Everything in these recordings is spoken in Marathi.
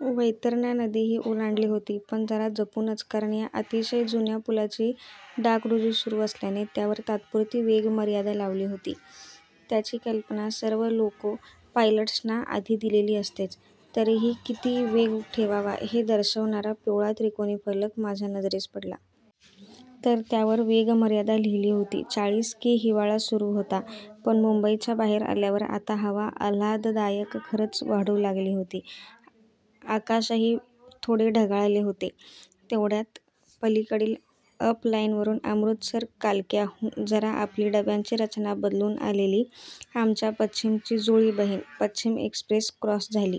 वैतरणा नदीही ओलांडली होती. पण जरा जपूनच, कारण या अतिशय जुन्या पुलाची डागडुजी सुरू असल्याने त्यावर तात्पुरती वेगमर्यादा लावली होती. त्याची कल्पना सर्व लोको पायलट्सना आधी दिलेली असतेच, तरीही किती वेग ठेवावा हे दर्शवणारा पिवळा त्रिकोणी फलक माझ्या नजरेस पडला. तर त्यावर वेगमर्यादा लिहिली होती, चाळीस कि. हिवाळा सुरू होता, पण मुंबईच्या बाहेर आल्यावर आता हवा आल्हाददायक खरंच वाढू लागली होती. आकाशही थोडे ढगाळलेले होते. तेवढ्यात पलीकडील अप लाईनवरून अमृतसर कालक्याहून जरा आपली डब्यांची रचना बदलून आलेली आमच्या पश्चिमची जुळी बहीण पश्चिम एक्सप्रेस क्रॉस झाली.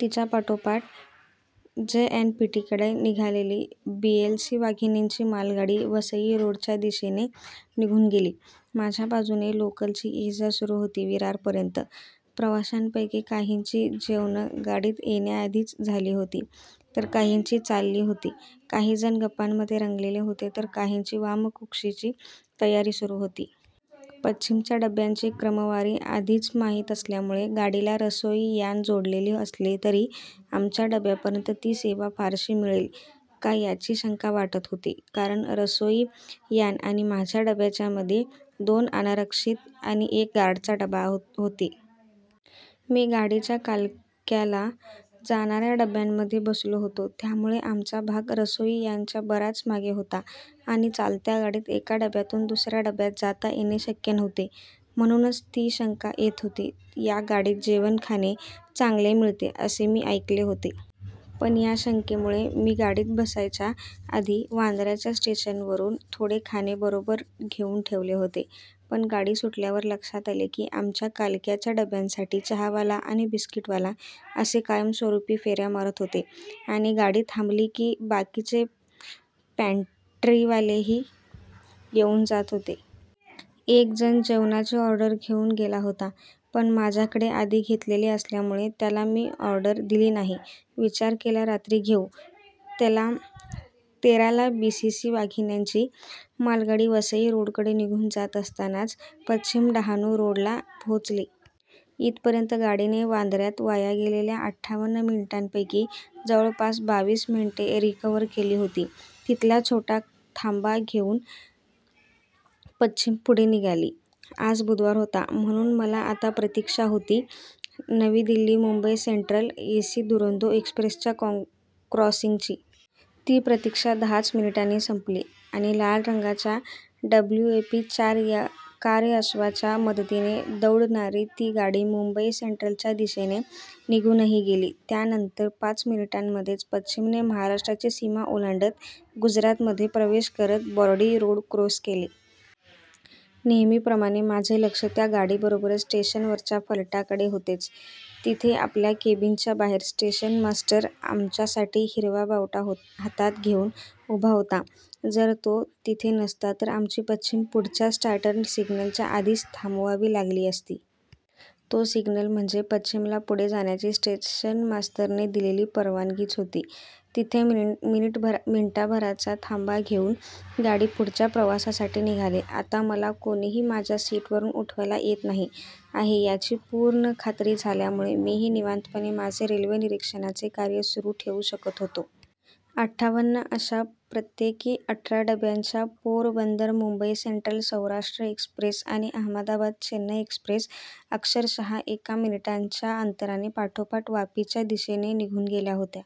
तिच्यापाठोपाठ जेएनपीटीकडे निघालेली बीएलसी वाघिणींची मालगाडी वसई रोडच्या दिशेने निघून गेली. माझ्या बाजूने लोकलची ये-जा सुरू होती विरारपर्यंत. प्रवाशांपैकी काहींची जेवणं गाडीत येण्याआधीच झाली होती, तर काहींची चालली होती. काही जण गप्पांमध्ये रंगलेले होते, तर काहींची वामकुक्षीची तयारी सुरू होती. पश्चिमच्या डब्यांची क्रमवारी आधीच माहीत असल्यामुळे गाडीला रसोई यान जोडलेले असले तरी आमच्या डब्यापर्यंत ती सेवा फारशी मिळेल का याची शंका वाटत होती. कारण रसोई यान आणि माझ्या डब्याच्यामध्ये दोन अनारक्षित आणि एक गार्डचा डबा होते. मी गाडीच्या कालक्याला जाणाऱ्या डब्यांमध्ये बसलो होतो. त्यामुळे आमचा भाग रसोई यानच्या बराच मागे होता आणि चालत्या गाडीत एका डब्यातून दुसऱ्या डब्यात जाता येणे शक्य नव्हते. म्हणूनच ती शंका येत होती. या गाडीत जेवण खाणे चांगले मिळते असे मी ऐकले होते. पण या शंकेमुळे मी गाडीत बसायच्या आधी वांद्र्याच्या स्टेशनवरून थोडे खाणे बरोबर घेऊन ठेवले होते. पण गाडी सुटल्यावर लक्षात आले की, आमच्या कालक्याच्या डब्यांसाठी चहावाला आणि बिस्कीटवाला असे कायमस्वरूपी फेऱ्या मारत होते आणि गाडी थांबली की बाकीचे पँट्रीवालेही येऊन जात होते. एक जण जेवणाची ऑर्डर घेऊन गेला होता, पण माझ्याकडे आधी घेतलेले असल्यामुळे त्याला मी ऑर्डर दिली नाही. विचार केला रात्री घेऊ. तेरा ला बीसीसी वाघिण्यांची मालगाडी वसई रोडकडे निघून जात असतानाच पश्चिम डहाणू रोडला पोहोचली. इथपर्यंत गाडीने वांद्र्यात वाया गेलेल्या अठ्ठावन्न मिनिटांपैकी जवळपास बावीस मिनिटे रिकव्हर केली होती. तिथला छोटा थांबा घेऊन पश्चिम पुढे निघाली. आज बुधवार होता. म्हणून मला आता प्रतीक्षा होती नवी दिल्ली मुंबई सेंट्रल एसी दुरंतो एक्सप्रेसच्या क्रॉसिंगची. ती प्रतीक्षा दहा च मिनिटांनी संपली आणि लाल रंगाच्या डब्ल्यूएपी चार या कार्यअश्वाच्या मदतीने दौडणारी ती गाडी मुंबई सेंट्रलच्या दिशेने निघूनही गेली. त्यानंतर पाच मिनिटांमध्येच पश्चिमने महाराष्ट्राची सीमा ओलांडत गुजरातमध्ये प्रवेश करत बोर्डी रोड क्रॉस केले. नेहमीप्रमाणे माझे लक्ष त्या गाडीबरोबरच स्टेशनवरच्या फलाटाकडे होतेच. तिथे आपल्या केबिनच्या बाहेर स्टेशन मास्टर आमच्यासाठी हिरवा बावटा हातात घेऊन उभा होता. जर तो तिथे नसता, तर आमची पश्चिम पुढच्या स्टार्टर सिग्नलच्या आधीच थांबवावी लागली असती. तो सिग्नल म्हणजे पश्चिमला पुढे जाण्याची स्टेशन मास्टरने दिलेली परवानगीच होती. तिथे मिनिटाभराचा थांबा घेऊन गाडी पुढच्या प्रवासासाठी निघाली. आता मला कोणीही माझ्या सीटवरून उठवायला येत नाही आहे याची पूर्ण खात्री झाल्यामुळे मीही निवांतपणे माझे रेल्वे निरीक्षणाचे कार्य सुरू ठेऊ शकत होतो. अठ्ठावन्न अशा प्रत्येकी अठरा डब्यांच्या पोरबंदर मुंबई सेंट्रल सौराष्ट्र एक्सप्रेस आणि अहमदाबाद चेन्नई एक्सप्रेस अक्षरशः एक मिनिटांच्या अंतराने पाठोपाठ वापीच्या दिशेने निघून गेल्या होत्या.